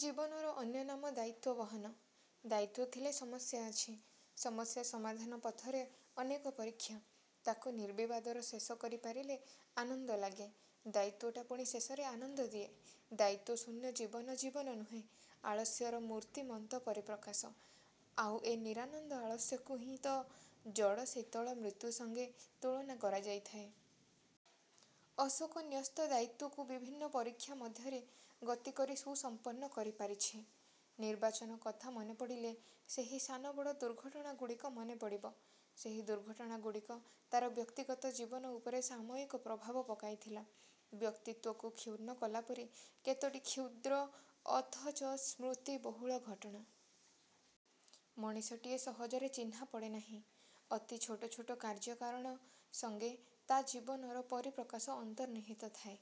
ଜୀବନର ଅନ୍ୟ ନାମ ଦାୟିତ୍ୱ-ବହନ। ଦାୟିତ୍ୱ ଥିଲେ ସମସ୍ୟା ଅଛି। ସମସ୍ୟା ସମାଧାନ ପଥରେ ଅନେକ ପରୀକ୍ଷା। ତାକୁ ନିର୍ବିବାଦର ଶେଷ କରି ପାରିଲେ ଆନନ୍ଦ ଲାଗେ। ଦାୟିତ୍ୱଟା ପୁଣି ଶେଷରେ ଆନନ୍ଦ ଦିଏ। ଦାୟିତ୍ୱ-ଶୂନ୍ୟ-ଜୀବନ ଜୀବନ ନୁହେଁ, ଆଳସ୍ୟର ମୂର୍ତ୍ତିମନ୍ତ ପରିପ୍ରକାଶ। ଆଉ ଏ ନିରାନନ୍ଦ ଆଳସ୍ୟକୁ ହିଁ ତ ଜଡ଼ ଶୀତଳ ମୃତ୍ୟୁ ସଙ୍ଗେ ତୁଳନା କରାଯାଇଥାଏ। ଅଶୋକ ନ୍ୟସ୍ତ ଦାୟିତ୍ୱକୁ ବିଭିନ୍ନ ପରୀକ୍ଷା ମଧ୍ୟରେ ଗତିକରି ସୁସମ୍ପନ୍ନ କରି ପାରିଛି। ନିର୍ବାଚନ କଥା ମନେ ପଡ଼ିଲେ, ସେହି ସାନ ବଡ଼ ଦୁର୍ଘଟଣାଗୁଡ଼ିକ ମନେ ପଡ଼ିବ। ସେହି ଦୁର୍ଘଟଣାଗୁଡ଼ିକ ତା'ର ବ୍ୟକ୍ତିଗତ ଜୀବନ ଉପରେ ସାମୟିକ ପ୍ରଭାବ ପକାଇଥିଲା; ବ୍ୟକ୍ତିତ୍ୱକୁ କ୍ଷୁର୍ଣ୍ଣ କଲାପରି କେତୋଟି କ୍ଷୁଦ୍ର ଅଥଚ ସ୍ମୃତିବହୁଳ ଘଟଣା। ମଣିଷଟିଏ ସହଜରେ ଚିହ୍ନାପଡ଼େ ନାହିଁ। ଅତି ଛୋଟ ଛୋଟ କାର୍ଯ୍ୟ-କାରଣ ସଙ୍ଗେ ତା' ଜୀବନର ପରିପ୍ରକାଶ ଅନ୍ତର୍ନିହିତ ଥାଏ।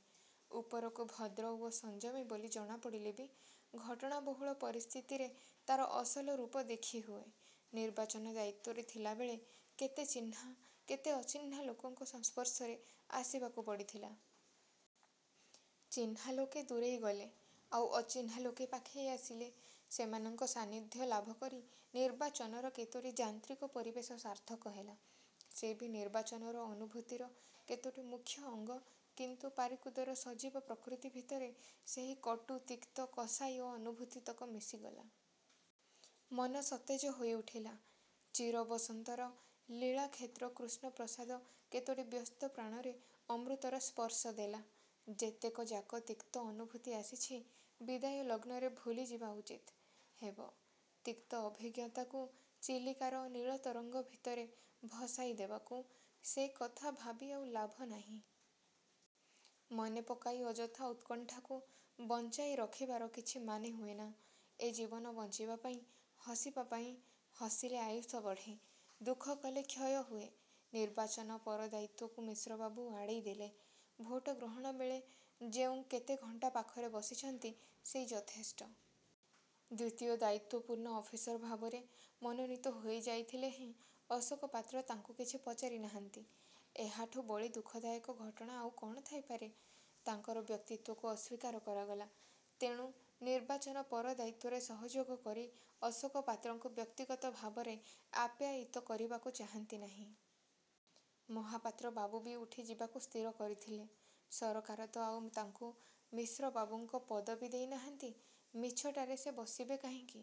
ଉପରକୁ ଭଦ୍ର ଓ ସଂଯମୀ ବୋଲି ଜଣାପଡ଼ିଲେ ବି ଘଟଣାବହୁଳ ପରିସ୍ଥିତିରେ ତା'ର ଅସଲ ରୂପ ଦେଖିହୁଏ। ନିର୍ବାଚନ ଦାୟିତ୍ୱରେ ଥିଲାବେଳେ କେତେ ଚିହ୍ନା, କେତେ ଅଚିହ୍ନା ଲୋକଙ୍କ ସଂସ୍ପର୍ଶରେ ଆସିବାକୁ ପଡ଼ିଥିଲା। ଚିହ୍ନା ଲୋକେ ଦୂରେଇ ଗଲେ, ଆଉ ଅଚିହ୍ନା ଲୋକେ ପାଖେଇ ଆସିଲେ। ସେମାନଙ୍କ ସାନ୍ନିଧ୍ୟ ଲାଭକରି ନିର୍ବାଚନର କେତୋଟି ଯାନ୍ତ୍ରିକ ପରିବେଶ ସାର୍ଥକ ହେଲା। ସେ ବି ନିର୍ବାଚନର ଅନୁଭୂତିର କେତୋଟି ମୁଖ୍ୟ ଅଙ୍ଗ କିନ୍ତୁ ପାରିକୁଦର ସଜୀବ ପ୍ରକୃତି ଭିତରେ ସେହି କଟୁ, ତିକ୍ତ, କଷାୟ ଅନୁଭୂତିତକ ମିଶିଗଲା। ମନ ସତେଜ ହୋଇଉଠିଲା। ଚିରବସନ୍ତର ଲୀଳାକ୍ଷେତ୍ର କୃଷ୍ଣପ୍ରସାଦ କେତୋଟି ବ୍ୟସ୍ତ ପ୍ରାଣରେ ଅମୃତର ସ୍ପର୍ଶ ଦେଲା। ଯେତକଯାକ ତିକ୍ତ ଅନୁଭୂତି ଆସିଛି ବିଦାୟଲଗ୍ନରେ ଭୁଲିଯିବା ଉଚିତ। ହେବ। ତିକ୍ତ ଅଭିଜ୍ଞତାକୁ ଚିଲିକାର ନୀଳତରଙ୍ଗ ଭିତରେ ଭସାଇ ଦେବାକୁ। ସେ କଥା ଭାବି ଆଉ ଲାଭ ନାହିଁ। ମନେ ପକାଇ ଅଯଥା ଉତ୍କଣ୍ଠାକୁ ବଞ୍ଚାଇ ରଖିବାର କିଛି ମାନେ ହୁଏନାଁ। ଏ ଜୀବନ ବଞ୍ଚିବାପାଇଁ, ହସିବାପାଇଁ। ହସିଲେ ଆୟୁ ବଢ଼େ, ଦୁଃଖକଲେ କ୍ଷୟ ହୁଏ। ନିର୍ବାଚନ ପର ଦାୟିତ୍ୱକୁ ମିଶ୍ରବାବୁ ଆଡ଼େଇ ଦେଲେ। ଭୋଟ ଗ୍ରହଣବେଳେ ଯେଉଁ କେତେ ଘଣ୍ଟା ପାଖରେ ବସିଛନ୍ତି, ସେଇ ଯଥେଷ୍ଟ। ଦ୍ୱିତୀୟ ଦାୟିତ୍ୱପୂର୍ଣ୍ଣ ଅଫିସର ଭାବରେ ମନୋନୀତ ହୋଇ ଯାଇଥିଲେ ହେଁ ଅଶୋକ ପାତ୍ର ତାଙ୍କୁ କିଛି ପଚାରି ନାହାନ୍ତି। ଏହାଠୁ ବଳି ଦୁଃଖଦାୟକ ଘଟଣା ଆଉ କଣ ଥାଇପାରେ? ତାଙ୍କର ବ୍ୟକ୍ତିତ୍ୱକୁ ଅସ୍ୱୀକାର କରାଗଲା। ତେଣୁ ନିର୍ବାଚନ ପର ଦାୟିତ୍ୱରେ ସହଯୋଗ କରି ଅଶୋକ ପାତ୍ରଙ୍କୁ ବ୍ୟକ୍ତିଗତ ଭାବରେ ଆପ୍ୟାୟିତ କରିବାକୁ ଚାହାନ୍ତି ନାହିଁ। ମହାପାତ୍ରବାବୁ ବି ଉଠିଯିବାକୁ ସ୍ଥିର କରିଥିଲେ। ସରକାର ତ ଆଉ ତାଙ୍କୁ ମିଶ୍ରବାବୁଙ୍କ ପଦବୀ ଦେଇ ନାହାନ୍ତି। ମିଛଟାରେ ସେ ବସିବେ କାହିଁକି?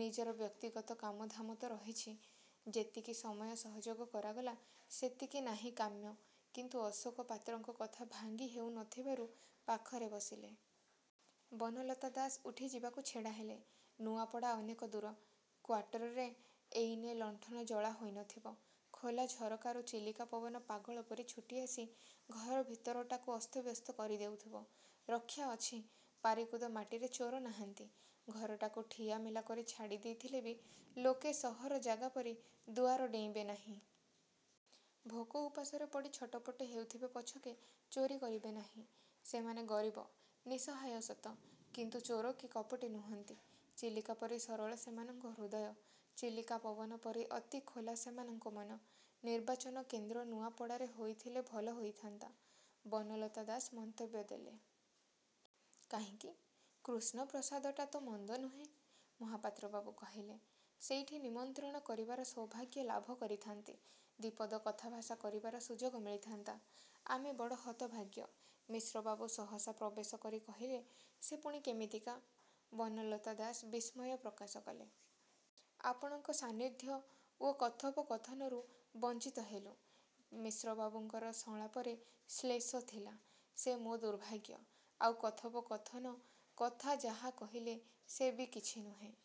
ନିଜର ବ୍ୟକ୍ତିଗତ କାମଧାମ ତ ରହିଛି। ଯେତିକି ସମୟ ସହଯୋଗ କରାଗଲା ସେତିକି ନାହିଁ କାମ୍ୟ। କିନ୍ତୁ ଅଶୋକ ପାତ୍ରଙ୍କ କଥା ଭାଙ୍ଗି ହେଉ ନ ଥିବାରୁ ପାଖରେ ବସିଲେ। ବନଲତା ଦାସ ଉଠି ଯିବାକୁ ଛିଡ଼ାହେଲେ। ନୂଆପଡ଼ା ଅନେକ ଦୂର। କ୍ୱାଟରରେ ଏଇନେ ଲଣ୍ଠନ ଜଳା ହୋଇ ନ ଥିବ। ଖୋଲା ଝରକାରୁ ଚିଲିକା ପବନ ପାଗଳ ପରି ଛୁଟିଆସି ଘର ଭିତରଟାକୁ ଅସ୍ତବ୍ୟସ୍ତ କରି ଦେଉଥିବ। ରକ୍ଷାଅଛି, ପାରିକୁଦ ମାଟିରେ ଚୋର ନାହାନ୍ତି। ଘରଟାକୁ ଠିଆମେଲା କରି ଛାଡ଼ି ଦେଇଥିଲେ ବି ଲୋକେ ସହର ଜାଗାପରି ଦୁଆର ଡେଇଁବେ ନାହିଁ। ଭୋକ ଉପାସରେ ପଡ଼ି ଛଟପଟ ହେଉଥିବେ ପଛକେ ଚୋରି କରିବେ ନାହିଁ। ସେମାନେ ଗରୀବ, ନିଃସହାୟ ସତ କିନ୍ତୁ ଚୋର କି କପଟୀ ନୁହନ୍ତି, ଚିଲିକା ପରି ସରଳ ସେମାନଙ୍କ ହୃଦୟ, ଚିଲିକା-ପବନ ପରି ଅତି ଖୋଲା ସେମାନଙ୍କ ମନ। 'ନିର୍ବାଚନ କେନ୍ଦ୍ର ନୂଆପଡ଼ାରେ ହୋଇଥିଲେ ଭଲ ହୋଇଥାନ୍ତା' ବନଲତା ଦାସ ମନ୍ତବ୍ୟ କଲେ। କାହିଁକି? କୃଷ୍ଣପ୍ରସାଦଟା ତ ମନ୍ଦ ନୁହେଁ। ମହାପାତ୍ରବାବୁ କହିଲେ। ''ସେଇଠି ନିମନ୍ତ୍ରଣ କରିବାର ସୌଭାଗ୍ୟ ଲାଭ କରିଥାନ୍ତି। ଦି'ପଦ କଥାଭାଷା କରିବାର ସୁଯୋଗ ମିଳିଥାନ୍ତା। '' 'ଆମେ ବଡ଼ ହତଭାଗ୍ୟ। ' ମିଶ୍ରବାବୁ ସହସା ପ୍ରବେଶ କରି କହିଲେ। 'ସେ ପୁଣି କେମିତିକା? ' ବନଲତା ଦାସ ବିସ୍ମୟ ପ୍ରକାଶ କଲେ। 'ଆପଣଙ୍କ ସାନ୍ନିଧ୍ୟ ଓ କଥୋପକଥନରୁ ବଞ୍ଚିତ ହେଲୁଁ। ' ମିଶ୍ରବାବୁଙ୍କର ସଂଳାପରେ ଶ୍ଳେଷ ଥିଲା। 'ସେ ମୋର ଦୁର୍ଭାଗ୍ୟ। ଆଉ କଥୋପକଥନ କଥା ଯାହା କହିଲେ, ସେ ବି କିଛି ନୁହେଁ-।